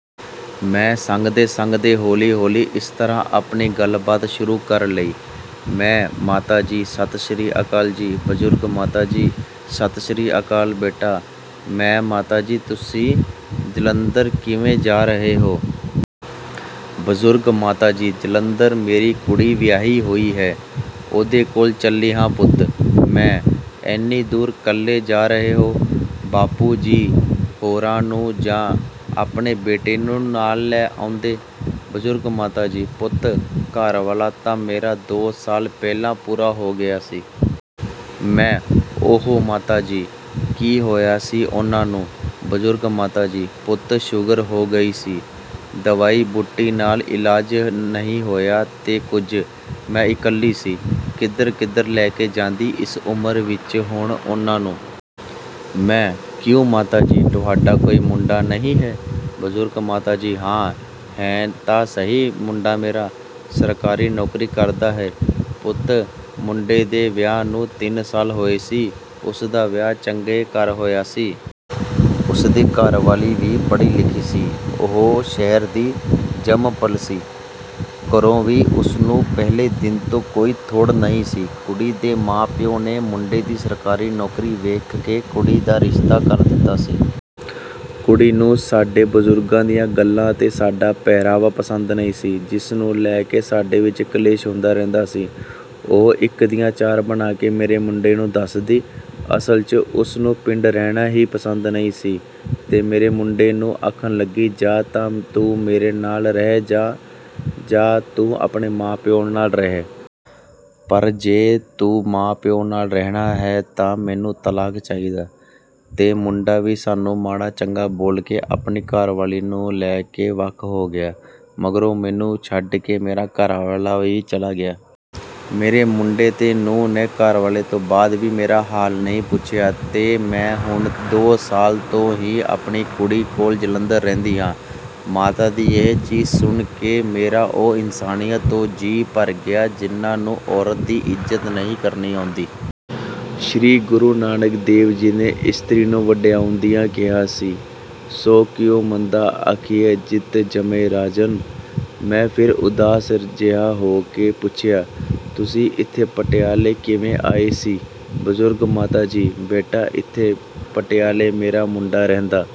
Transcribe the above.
ਮੈਂ ਸੰਗਦੇ-ਸੰਗਦੇ ਹੌਲੀ-ਹੌਲੀ ਇਸ ਤਰ੍ਹਾਂ ਆਪਣੀ ਗੱਲਬਾਤ ਸ਼ੁਰੂ ਕਰ ਲਈ। ਮੈਂ: ਮਾਤਾ ਜੀ, ਸਤਿ ਸ੍ਰੀ ਅਕਾਲ ਜੀ। ਬਜ਼ੁਰਗ ਮਾਤਾ ਜੀ: ਸਤਿ ਸ੍ਰੀ ਅਕਾਲ ਬੇਟਾ। ਮੈਂ: ਮਾਤਾ ਜੀ, ਤੁਸੀਂ ਜਲੰਧਰ ਕਿਵੇਂ ਜਾ ਰਹੇ ਹੋ? ਬਜ਼ੁਰਗ ਮਾਤਾ ਜੀ: ਜਲੰਧਰ ਮੇਰੀ ਕੁੜੀ ਵਿਆਹੀ ਹੋਈ ਹੈ। ਉਹਦੇ ਕੋਲ ਚੱਲੀ ਹਾਂ ਪੁੱਤ। ਮੈਂ: ਐਨੀ ਦੂਰ ਕੱਲੇ ਜਾ ਰਹੇ ਹੋ? ਬਾਪੂ ਜੀ ਹੋਰਾਂ ਨੂੰ ਜਾਂ ਆਪਣੇ ਬੇਟੇ ਨੂੰ ਨਾਲ ਲੈ ਆਉਂਦੇ। ਬਜ਼ੁਰਗ ਮਾਤਾ ਜੀ: ਪੁੱਤ, ਘਰਵਾਲਾ ਤਾਂ ਮੇਰਾ ਦੋ ਸਾਲ ਪਹਿਲਾਂ ਪੂਰਾ ਹੋ ਗਿਆ ਸੀ। ਮੈਂ: ਓਹੋ ਮਾਤਾ ਜੀ, ਕੀ ਹੋਇਆ ਸੀ ਉਹਨਾਂ ਨੂੰ? ਬਜ਼ੁਰਗ ਮਾਤਾ ਜੀ: ਪੁੱਤ, ਸ਼ੂਗਰ ਹੋ ਗਈ ਸੀ। ਦਵਾਈ-ਬੂਟੀ ਨਾਲ ਇਲਾਜ ਨਹੀਂ ਹੋਇਆ ਤੇ ਕੁਝ... ਮੈਂ ਇਕੱਲੀ ਸੀ, ਕਿੱਧਰ-ਕਿੱਧਰ ਲੈ ਕੇ ਜਾਂਦੀ ਇਸ ਉਮਰ ਵਿੱਚ ਹੁਣ ਉਹਨਾਂ ਨੂੰ। ਮੈਂ: ਕਿਉਂ ਮਾਤਾ ਜੀ, ਤੁਹਾਡਾ ਕੋਈ ਮੁੰਡਾ ਨਹੀਂ ਹੈ? ਬਜ਼ੁਰਗ ਮਾਤਾ ਜੀ: ਹਾਂ, ਹੈ ਤਾਂ ਸਹੀ ਮੁੰਡਾ ਮੇਰਾ। ਸਰਕਾਰੀ ਨੌਕਰੀ ਕਰਦਾ ਹੈ। ਪੁੱਤ, ਮੁੰਡੇ ਦੇ ਵਿਆਹ ਨੂੰ ਤਿੰਨ ਸਾਲ ਹੋਏ ਸੀ। ਉਸਦਾ ਵਿਆਹ ਚੰਗੇ ਘਰ ਹੋਇਆ ਸੀ। ਉਸਦੀ ਘਰਵਾਲੀ ਵੀ ਪੜ੍ਹੀ-ਲਿਖੀ ਸੀ। ਉਹ ਸ਼ਹਿਰ ਦੀ ਜੰਮਪਲ ਸੀ। ਘਰੋਂ ਵੀ ਉਸਨੂੰ ਪਹਿਲੇ ਦਿਨ ਤੋਂ ਕੋਈ ਥੁੜ ਨਹੀਂ ਸੀ। ਕੁੜੀ ਦੇ ਮਾਂ-ਪਿਉ ਨੇ ਮੁੰਡੇ ਦੀ ਸਰਕਾਰੀ ਨੌਕਰੀ ਵੇਖ ਕੇ ਕੁੜੀ ਦਾ ਰਿਸ਼ਤਾ ਕਰ ਦਿੱਤਾ ਸੀ। ਕੁੜੀ ਨੂੰ ਸਾਡੇ ਬਜ਼ੁਰਗਾਂ ਦੀਆਂ ਗੱਲਾਂ ਤੇ ਸਾਡਾ ਪਹਿਰਾਵਾ ਪਸੰਦ ਨਹੀਂ ਸੀ, ਜਿਸ ਨੂੰ ਲੈ ਕੇ ਸਾਡੇ ਵਿੱਚ ਕਲੇਸ਼ ਹੁੰਦਾ ਰਹਿੰਦਾ ਸੀ। ਉਹ ਇੱਕ ਦੀਆਂ ਚਾਰ ਬਣਾ ਕੇ ਮੇਰੇ ਮੁੰਡੇ ਨੂੰ ਦੱਸਦੀ। ਅਸਲ 'ਚ ਉਸਨੂੰ ਪਿੰਡ ਰਹਿਣਾ ਹੀ ਪਸੰਦ ਨਹੀਂ ਸੀ ਤੇ ਮੇਰੇ ਮੁੰਡੇ ਨੂੰ ਆਖਣ ਲੱਗੀ, "ਜਾਂ ਤਾਂ ਤੂੰ ਮੇਰੇ ਨਾਲ ਰਹਿ ਜਾ, ਜਾਂ ਤੂੰ ਆਪਣੇ ਮਾਂ-ਪਿਉ ਨਾਲ ਰਹਿ। ਪਰ ਜੇ ਤੂੰ ਮਾਂ-ਪਿਉ ਨਾਲ ਰਹਿਣਾ ਹੈ ਤਾਂ ਮੈਨੂੰ ਤਲਾਕ ਚਾਹੀਦਾ।" ਤੇ ਮੁੰਡਾ ਵੀ ਸਾਨੂੰ ਮਾੜਾ-ਚੰਗਾ ਬੋਲ ਕੇ ਆਪਣੀ ਘਰਵਾਲੀ ਨੂੰ ਲੈ ਕੇ ਵੱਖ ਹੋ ਗਿਆ। ਮਗਰੋਂ ਮੈਨੂੰ ਛੱਡ ਕੇ ਮੇਰਾ ਘਰਵਾਲਾ ਵੀ ਚੱਲਿਆ ਗਿਆ। ਮੇਰੇ ਮੁੰਡੇ ਤੇ ਨੂੰਹ ਨੇ ਘਰਵਾਲੇ ਤੋਂ ਬਾਅਦ ਵੀ ਮੇਰਾ ਹਾਲ ਨਹੀਂ ਪੁੱਛਿਆ ਤੇ ਮੈਂ ਹੁਣ ਦੋ ਸਾਲ ਤੋਂ ਹੀ ਆਪਣੀ ਕੁੜੀ ਕੋਲ ਜਲੰਧਰ ਰਹਿੰਦੀ ਹਾਂ। ਮਾਤਾ ਦੀ ਇਹ ਚੀਸ ਸੁਣ ਕੇ ਮੇਰਾ ਉਹ ਇਨਸਾਨੀਅਤ ਤੋਂ ਜੀਅ ਭਰ ਗਿਆ, ਜਿਹਨਾਂ ਨੂੰ ਔਰਤ ਦੀ ਇੱਜ਼ਤ ਨਹੀਂ ਕਰਨੀ ਆਉਂਦੀ। ਸ੍ਰੀ ਗੁਰੂ ਨਾਨਕ ਦੇਵ ਜੀ ਨੇ ਇਸਤਰੀ ਨੂੰ ਵਡਿਆਉਂਦਿਆਂ ਕਿਹਾ ਸੀ: "ਸੋ ਕਿਉ ਮੰਦਾ ਆਖੀਐ ਜਿਤੁ ਜੰਮਹਿ ਰਾਜਾਨੁ॥" ਮੈਂ ਫੇਰ ਉਦਾਸ ਜਿਹਾ ਹੋ ਕੇ ਪੁੱਛਿਆ, "ਤੁਸੀਂ ਇੱਥੇ ਪਟਿਆਲੇ ਕਿਵੇਂ ਆਏ ਸੀ?" ਬਜ਼ੁਰਗ ਮਾਤਾ ਜੀ: ਬੇਟਾ, ਇੱਥੇ ਪਟਿਆਲੇ ਮੇਰਾ ਮੁੰਡਾ ਰਹਿੰਦਾ...